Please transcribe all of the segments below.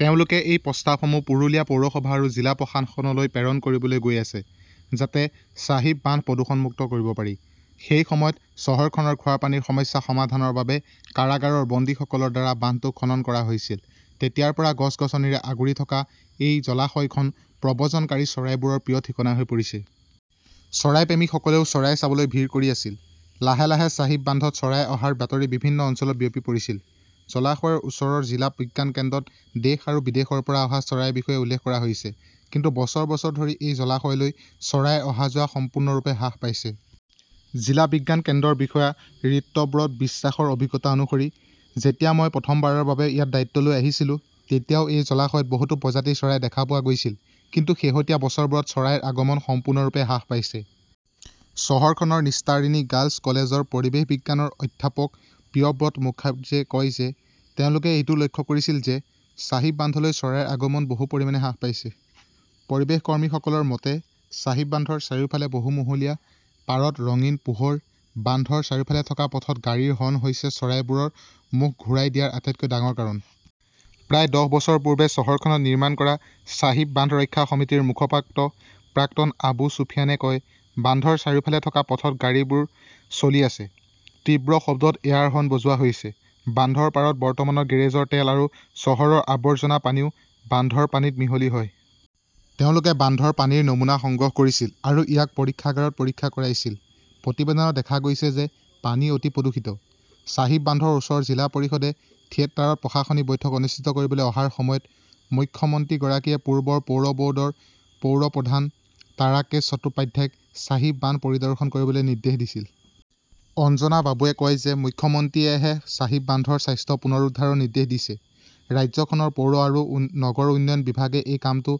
তেওঁলোকে এই প্ৰস্তাৱসমূহ পুৰুলিয়া পৌৰসভা আৰু জিলা প্ৰশাসনলৈ প্ৰেৰণ কৰিবলৈ গৈ আছে, যাতে চাহিব বান্ধ প্ৰদূষণমুক্ত কৰিব পাৰি। সেই সময়ত চহৰখনৰ খোৱাপানীৰ সমস্যা সমাধানৰ বাবে কাৰাগাৰৰ বন্দীসকলৰ দ্বাৰা বান্ধটো খনন কৰা হৈছিল। তেতিয়াৰ পৰা গছ-গছনিৰে আগুৰি থকা এই জলাশয়খন প্ৰব্ৰজনকাৰী চৰাইবোৰৰ প্ৰিয় ঠিকনা হৈ পৰিছে। চৰাইপ্ৰেমীসকলেও চৰাই চাবলৈ ভিৰ কৰি আছিল। লাহে লাহে চাহিব বান্ধত চৰাই অহাৰ বাতৰি বিভিন্ন অঞ্চলত বিয়পি পৰিছিল। জলাশয়ৰ ওচৰৰ জিলা বিজ্ঞান কেন্দ্ৰত দেশ আৰু বিদেশৰ পৰা অহা চৰাইৰ বিষয়ে উল্লেখ কৰা হৈছে। কিন্তু বছৰ বছৰ ধৰি এই জলাশয়লৈ চৰাইৰ অহা-যোৱা সম্পূৰ্ণৰূপে হ্ৰাস পাইছে। জিলা বিজ্ঞান কেন্দ্ৰৰ বিষয়া ৰিতব্ৰত বিশ্বাসৰ অভিজ্ঞতা অনুসৰি, "যেতিয়া মই প্ৰথমবাৰৰ বাবে ইয়াত দায়িত্ব লৈ আহিছিলো, তেতিয়াও এই জলাশয়ত বহুতো প্ৰজাতিৰ চৰাই দেখা পোৱা গৈছিল। কিন্তু শেহতীয়া বছৰবোৰত চৰাইৰ আগমন সম্পূৰ্ণৰূপে হ্ৰাস পাইছে"। চহৰখনৰ নিষ্টাৰিনী গাৰ্লছ কলেজৰ পৰিৱেশ বিজ্ঞানৰ অধ্যাপক প্ৰিয়ব্ৰত মুখাৰ্জীয়ে কয় যে তেওঁলোকে এইটোও লক্ষ্য কৰিছিল যে, চাহিব বান্ধলৈ চৰাইৰ আগমন বহু পৰিমাণে হ্ৰাস পাইছে। পৰিৱেশকৰ্মীসকলৰ মতে, চাহিব বান্ধৰ চাৰিওফালে বহু মহলীয়া, পাৰত ৰঙীন পোহৰ, বান্ধৰ চাৰিওফালে থকা পথত গাড়ীৰ হৰ্ণ হৈছে চৰাইবোৰৰ মুখ ঘূৰাই দিয়াৰ আটাইতকৈ ডাঙৰ কাৰণ। প্ৰায় দহ বছৰ পূৰ্বে চহৰখনত নিৰ্মাণ কৰা চাহিব বান্ধ ৰক্ষা সমিতিৰ মুখপাত্ৰ প্ৰাক্তন আবু চুফিয়ানে কয়, "বান্ধৰ চাৰিওফালে থকা পথত গাড়ীবোৰ চলি আছে। তীব্ৰ শব্দত এয়াৰ হৰ্ণ বজোৱা হৈছে। বান্ধৰ পাৰত বৰ্তমানৰ গেৰেজৰ তেল আৰু চহৰৰ আৱৰ্জনা পানীও বান্ধৰ পানীত মিহলি হয়"। তেওঁলোকে বান্ধৰ পানীৰ নমুনা সংগ্ৰহ কৰিছিল আৰু ইয়াক পৰীক্ষাগাৰত পৰীক্ষা কৰাইছিল। প্ৰতিবেদনত দেখা গৈছে যে, পানী অতি প্ৰদূষিত। চাহিব বান্ধৰ ওচৰৰ জিলা পৰিষদে থিয়েটাৰত প্ৰশাসনিক বৈঠক অনুষ্ঠিত কৰিবলৈ অহাৰ সময়ত মুখ্যমন্ত্ৰীগৰাকীয়ে পূৰ্বৰ পৌৰ বৰ্ডৰ পৌৰপ্ৰধান তাৰাকেশ চট্টোপাধ্যায়ক চাহিব বান্ধ পৰিদৰ্শন কৰিবলৈ নিৰ্দেশ দিছিল। অঞ্জনা বাবুৱে কয় যে, মুখ্যমন্ত্ৰীয়েহে চাহিব বান্ধৰ স্বাস্থ্য পুনৰুদ্ধাৰৰ নিৰ্দেশ দিছে। ৰাজ্যখনৰ পৌৰ আৰু নগৰ উন্নয়ন বিভাগে এই কামটো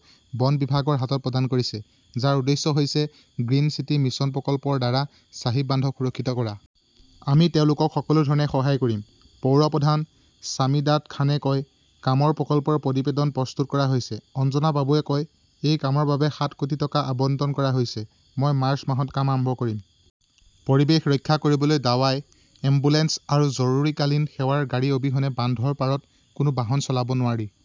বন বিভাগৰ হাতত প্ৰদান কৰিছে, যাৰ উদ্দেশ্য হৈছে গ্ৰীণ চিটি মিছন প্ৰকল্পৰ দ্বাৰা চাহিব বান্ধক সুৰক্ষিত কৰা । "আমি তেওঁলোকক সকলো ধৰণে সহায় কৰিম", পৌৰপ্ৰধান ছামিদাদ খানে কয়। "কামৰ প্ৰকল্পৰ প্ৰতিবেদন প্ৰস্তুত কৰা হৈছে", অঞ্জনা বাবুৱে কয়। এই কামৰ বাবে সাত কোটি টকা আবণ্টন কৰা হৈছে। মই মাৰ্চ মাহত কাম আৰম্ভ কৰিম। "পৰিৱেশ ৰক্ষা কৰিবলৈ দাৱাই; এম্বুলেন্স আৰু জৰুৰীকালীন সেৱাৰ গাড়ী অবিহনে বান্ধৰ পাৰত কোনো বাহন চলাব নোৱাৰি।